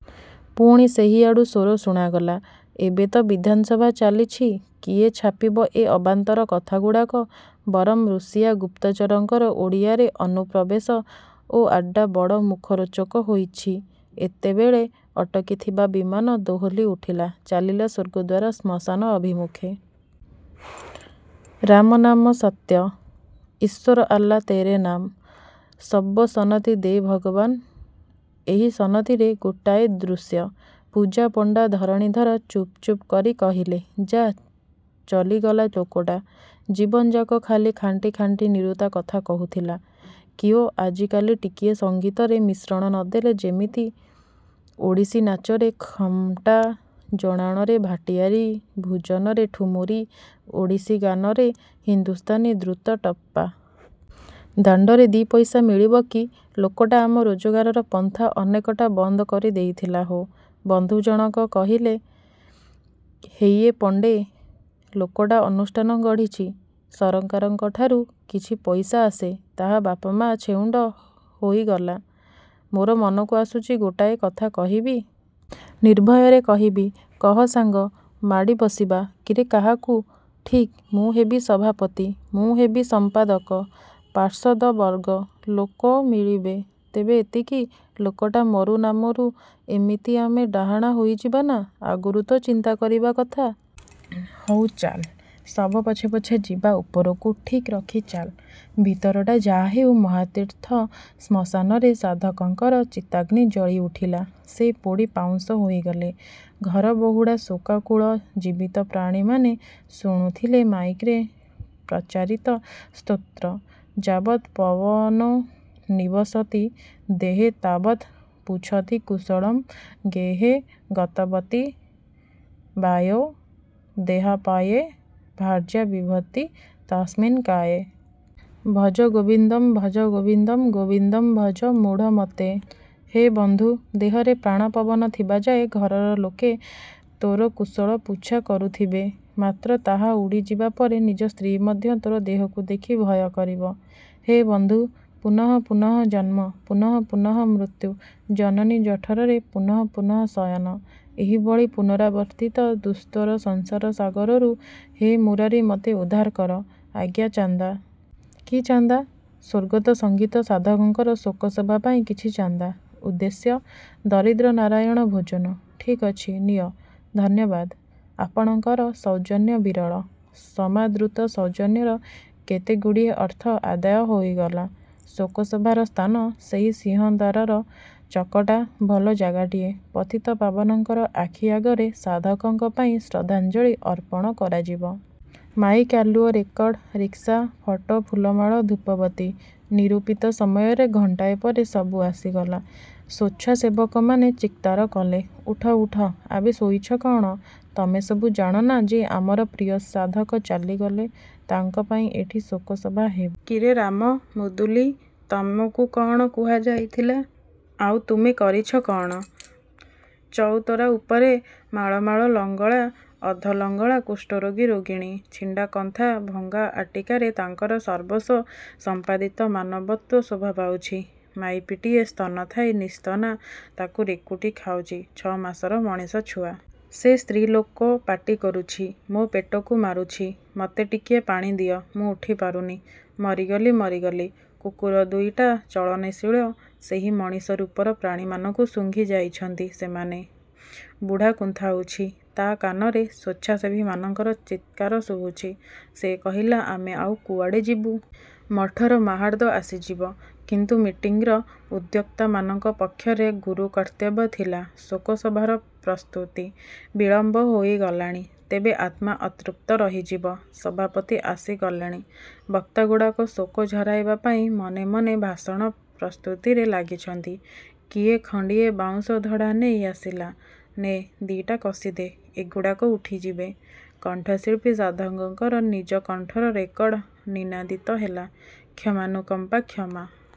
" ପୁଣି ସେହିଆଡ଼ୁ ସ୍ଵର ଶୁଣାଗଲା.. "ଏବେ ତ ବିଧାନସଭା ଚାଲିଛି; କିଏ ଛାପିବ ଏ ଅବାନ୍ତର କଥାଗୁଡ଼ାକ? ବରଂ ଋଷିଆ ଗୁପ୍ତଚରଙ୍କର ଓଡ଼ିଆରେ ଅନୁପ୍ରବେଶ ଓ ଆଡ଼୍ଡ଼ା ବଡ଼ ମୁଖରୋଚକ ହୋଇଛି ଏତେବେଳେ... " ଅଟକିଥିବା ବିମାନ ଦୋହଲି ଉଠିଲା.. ଚାଲିଲା ସ୍ଵର୍ଗଦ୍ଵାର ଶ୍ମଶାନ ଅଭିମୁଖେ.. ରାମ ନାମ ସତ୍ୟ.. ଈଶ୍ୱର ଆଲ୍ଲା ତେରେ ନାମ୍.. ସବ୍କୋ ସନ୍ମତି ଦେ ଭଗବାନ... ଏହି ସନ୍ମତିରେ ଗୋଟାଏ ଦୃଶ୍ୟ... ପୂଜାପଣ୍ଡା ଧରଣୀଧର ଚୁପଚୁପ କରି କହିଲେ.. "ଯାଃ ଚଲିଗଲା ଲୋକଟା... ଜୀବନଯାକ ଖାଲି ଖାଣ୍ଟି ଖାଣ୍ଟି ନିରୁତା କଥା କହୁଥିଲା। କିଓ, ଆଜିକାଲି ଟିକିଏ ସଙ୍ଗୀତରେ ମିଶ୍ରଣ ନଦେଲେ, ଯିମିତି ଓଡ଼ିଶୀ ନାଚରେ ଖମ୍ଟା, ଜଣାଣରେ ଭାଟିଆରି, ଭଜନରେ ଠୁମୁରି, ଓଡ଼ିଶୀ ଗାନରେ ହିନ୍ଦୁସ୍ଥାନୀ ଦ୍ରୁତ ଟପ୍ପା... ଦାଣ୍ଡରେ ଦି'ପଇସା ମିଳିବ କି? ଲୋକଟା ଆମ ରୋଜଗାରର ପନ୍ଥା ଅନେକଟା ବନ୍ଦ କରିଦେଇଥିଲା ହୋ... " ବନ୍ଧୁ ଜଣକ କହିଲେ–"ହେଇଏ ପଣ୍ଡେ, ଲୋକଟା ଅନୁଷ୍ଠାନ ଗଢ଼ିଛି, ସରକାରଙ୍କଠାରୁ କିଛି ପଇସା ଆସେ; ତାହା ବାପ-ମା'–ଛେଉଣ୍ଡ ହୋଇଗଲା.. ମୋର ମନକୁ ଆସୁଛି ଗୋଟାଏ କଥା କହିବି? ନିର୍ଭୟରେ କହିବି? " -କହ ସାଙ୍ଗ। -ମାଡ଼ିବସିବା। -କିରେ କାହାକୁ? -ଠିକ୍, ମୁଁ ହେବି ସଭାପତି। -ମୁଁ ହେବି ସମ୍ପାଦକ। -ପାର୍ଷଦବର୍ଗ? -ଲୋକ ମିଳିବେ। -ତେବେ ଏତିକି... ଲୋକଟା ମରୁ ନାମରୁ ଏମିତି ଆମେ ଡାହାଣା ହୋଇଯିବା ନା? -ଆଗରୁ ତ ଚିନ୍ତା କରିବା କଥା? -ହଉ, ଚାଲ୍, ଶବ ପଛେ ପଛେ ଯିବା-ଉପରକୁ ଠିକ୍ ରଖି ଚାଲ୍, ଭିତରଟା ଯାହା ହେଉ ମହାତୀର୍ଥ ଶ୍ମଶାନରେ ସାଧକଙ୍କର ଚିତାଗ୍ନି ଜଳିଉଠିଲା.. ସେ ପୋଡ଼ି ପାଉଁଶ ହୋଇଗଲେ ଘରବହୁଡ଼ା ଶୋକାକୁଳ ଜୀବିତ ପ୍ରାଣୀମାନେ ଶୁଣୁଥିଲେ ମାଇକରେ ପ୍ରଚାରିତ ସ୍ତୋତ୍ର... 'ଯାବତ୍ ପବନୋ ନିବସତି ଦେହେ ତାବତ୍ ପୁଚ୍ଛତି କୁଶଳଂ ଗେହେ ଗତବତି ବାୟୌ ଦେହାପାୟେ ଭାର୍ଯ୍ୟା ବିଭ୍ୟତି ତସ୍ମିନ୍ କାୟେ। ଭଜ ଗୋବିନ୍ଦଂ ଭଜ ଗୋବିନ୍ଦଂ ଗୋବିନ୍ଦଂ ଭଜ ମୂଢ଼ମତେ। ' ହେ ବନ୍ଧୁ, ଦେହରେ ପ୍ରାଣପବନ ଥିବାଯାଏ ଘରର ଲୋକେ ତୋ'ର କୁଶଳ ପୁଚ୍ଛା କରୁଥିବେ। ମାତ୍ର ତାହା ଉଡ଼ିଯିବା ପରେ ନିଜ ସ୍ତ୍ରୀ ମଧ୍ୟ ତୋ'ର ଦେହକୁ ଦେଖି ଭୟକରିବ। ହେ ବନ୍ଧୁ, ପୁନଃ ପୁନଃ ଜନ୍ମ, ପୁନଃ ପୁନଃ ମୃତ୍ୟୁ, ଜନନୀ ଜଠରରେ ପୁନଃ ପୁନଃ ଶୟନ… ଏହିଭଳି ପୁନରାବର୍ତ୍ତିତ ଦୁସ୍ତର ସଂସାର-ସାଗରରୁ, ହେ ମୁରାରି, ମତେ ଉଦ୍ଧାର କର… -ଆଜ୍ଞା ଚାନ୍ଦା? -କି ଚାନ୍ଦା? -ସ୍ୱର୍ଗତ ସଙ୍ଗୀତ ସାଧକଙ୍କର ଶୋକସଭା ପାଇଁ କିଛି ଚାନ୍ଦା। -ଉଦ୍ଦେଶ୍ୟ? -ଦରିଦ୍ରନାରାୟଣ ଭୋଜନ… -ଠିକ୍ ଅଛି, ନିଅ… -ଧନ୍ୟବାଦ, ଆପଣଙ୍କର ସୌଜନ୍ୟ ବିରଳ। ସମାଦୃତ ସୌଜନ୍ୟର କେତେଗୁଡ଼ିଏ ଅର୍ଥ ଆଦାୟ ହୋଇଗଲା। ଶୋକସଭାର ସ୍ଥାନ ସେହି ସିଂହଦ୍ୱାରର ଚକଡ଼ା.. ଭଲ ଜାଗାଟିଏ… ପତିତପାବନଙ୍କର ଆଖିଆଗରେ ସାଧକଙ୍କ ପାଇଁ ଶ୍ରଦ୍ଧାଞ୍ଜଳି ଅର୍ପଣ କରାଯିବ। ମାଇକ୍, ଆଲୁଅ, ରେକର୍ଡ଼, ରିକ୍ସା, ଫଟୋ, ଫୁଲମାଳ, ଧୂପବତୀ… ନିରୂପିତ ସମୟରେ ଘଣ୍ଟାଏ ପରେ ସବୁ ଆସିଗଲା… ସ୍ୱଚ୍ଛାସେବକମାନେ ଚିତ୍କାର କଲେ… ଉଠ, ଉଠ; ଆବେ ଶୋଇଛ କଅଣ? ତମେ ସବୁ। ଜାଣନା ଯେ ଆମର ପ୍ରିୟ ସାଧକ ଚାଲିଗଲେ? ତାଙ୍କ ପାଇଁ ଏଠି ଶୋକସଭା ହେବ? କିରେ ରାମ, ମୁଦୁଲି, ତମକୁ କଅଣ କୁହାଯାଇଥିଲା, ଆଉ ତୁମେ କରିଛ କଅଣ? ଚଉତରା ଉପରେ ମାଳମାଳ ଲଙ୍ଗଳା, ଅଧଲଙ୍ଗଳା କୁଷ୍ଠରୋଗୀ ରୋଗିଣୀ। ଛିଣ୍ଡା କନ୍ଥା, ଭଙ୍ଗା ଆଟିକାରେ ତାଙ୍କର ସର୍ବସ୍ୱ ସମ୍ପାଦିତ ମାନବତ୍ଵ ଶୋଭାପାଉଛି। ମାଇପିଟିଏ-ସ୍ତନ ଥାଇ ନିଃସ୍ତନା; ତାକୁ ରେକୁଟି ଖାଉଛି ଛଅମାସର ମଣିଷଛୁଆ। ସେ ସ୍ତ୍ରୀଲୋକ ପାଟି କରୁଛି, ମୋ ପେଟକୁ ମାରୁଛି-ମତେ ଟିକିଏ ପାଣି ଦିଅ, ମୁଁ ଉଠିପାରୁନି। ମରିଗଲି, ମରିଗଲି… କୁକୁର ଦୁଇଟା ଚଳନଶୀଳ ସେହି ମଣିଷ ରୂପର ପ୍ରାଣୀମାନଙ୍କୁ ଶୁଙ୍ଘିଯାଇଛନ୍ତି ସେମାନେ। ବୁଢ଼ା କୁନ୍ଥାଉଛି, ତା କାନରେ ସ୍ଵଚ୍ଛାସେବୀମାନଙ୍କର ଚିତ୍କାର ଶୁଭୁଛି। ସେ କହିଲା–ଆମେ ଆଉ କୁଆଡ଼େ ଯିବୁ? ମଠର ମାହାର୍ଦ ଆସିଯିବ। କିନ୍ତୁ ମିଟିଂର ଉଦ୍ୟୋକ୍ତାମାନଙ୍କ ପକ୍ଷରେ ଗୁରୁକର୍ତ୍ତବ୍ୟ ଥିଲା ଶୋକସଭାର ପ୍ରସ୍ତୁତି… ବିଳମ୍ବ ହୋଇଗଲାଣି, ତେବେ ଆତ୍ମା ଅତୃପ୍ତ ରହିଯିବ–ସଭାପତି ଆସିଗଲେଣି। ବକ୍ତାଗୁଡ଼ାକ ଶୋକ ଝରାଇବା ପାଇଁ ମନେ ମନେ ଭାଷଣ–ପ୍ରସ୍ତୁତିରେ ଲାଗିଛନ୍ତି। କିଏ ଖଣ୍ଡିଏ ବାଉଁଶ ଧଡ଼ା ନେଇ ଆସିଲା। ନେଃ… ଦିଟା କଷିଦେ… ଏଗୁଡ଼ାକ ଉଠିଯିବେ। କଣ୍ଠଶିଳ୍ପୀ–ସାଧକଙ୍କର ନିଜ କଣ୍ଠର ରେକର୍ଡ଼ ନିନାଦିତ ହେଲା 'କ୍ଷମାନୁକମ୍ପା… ' କ୍ଷମା?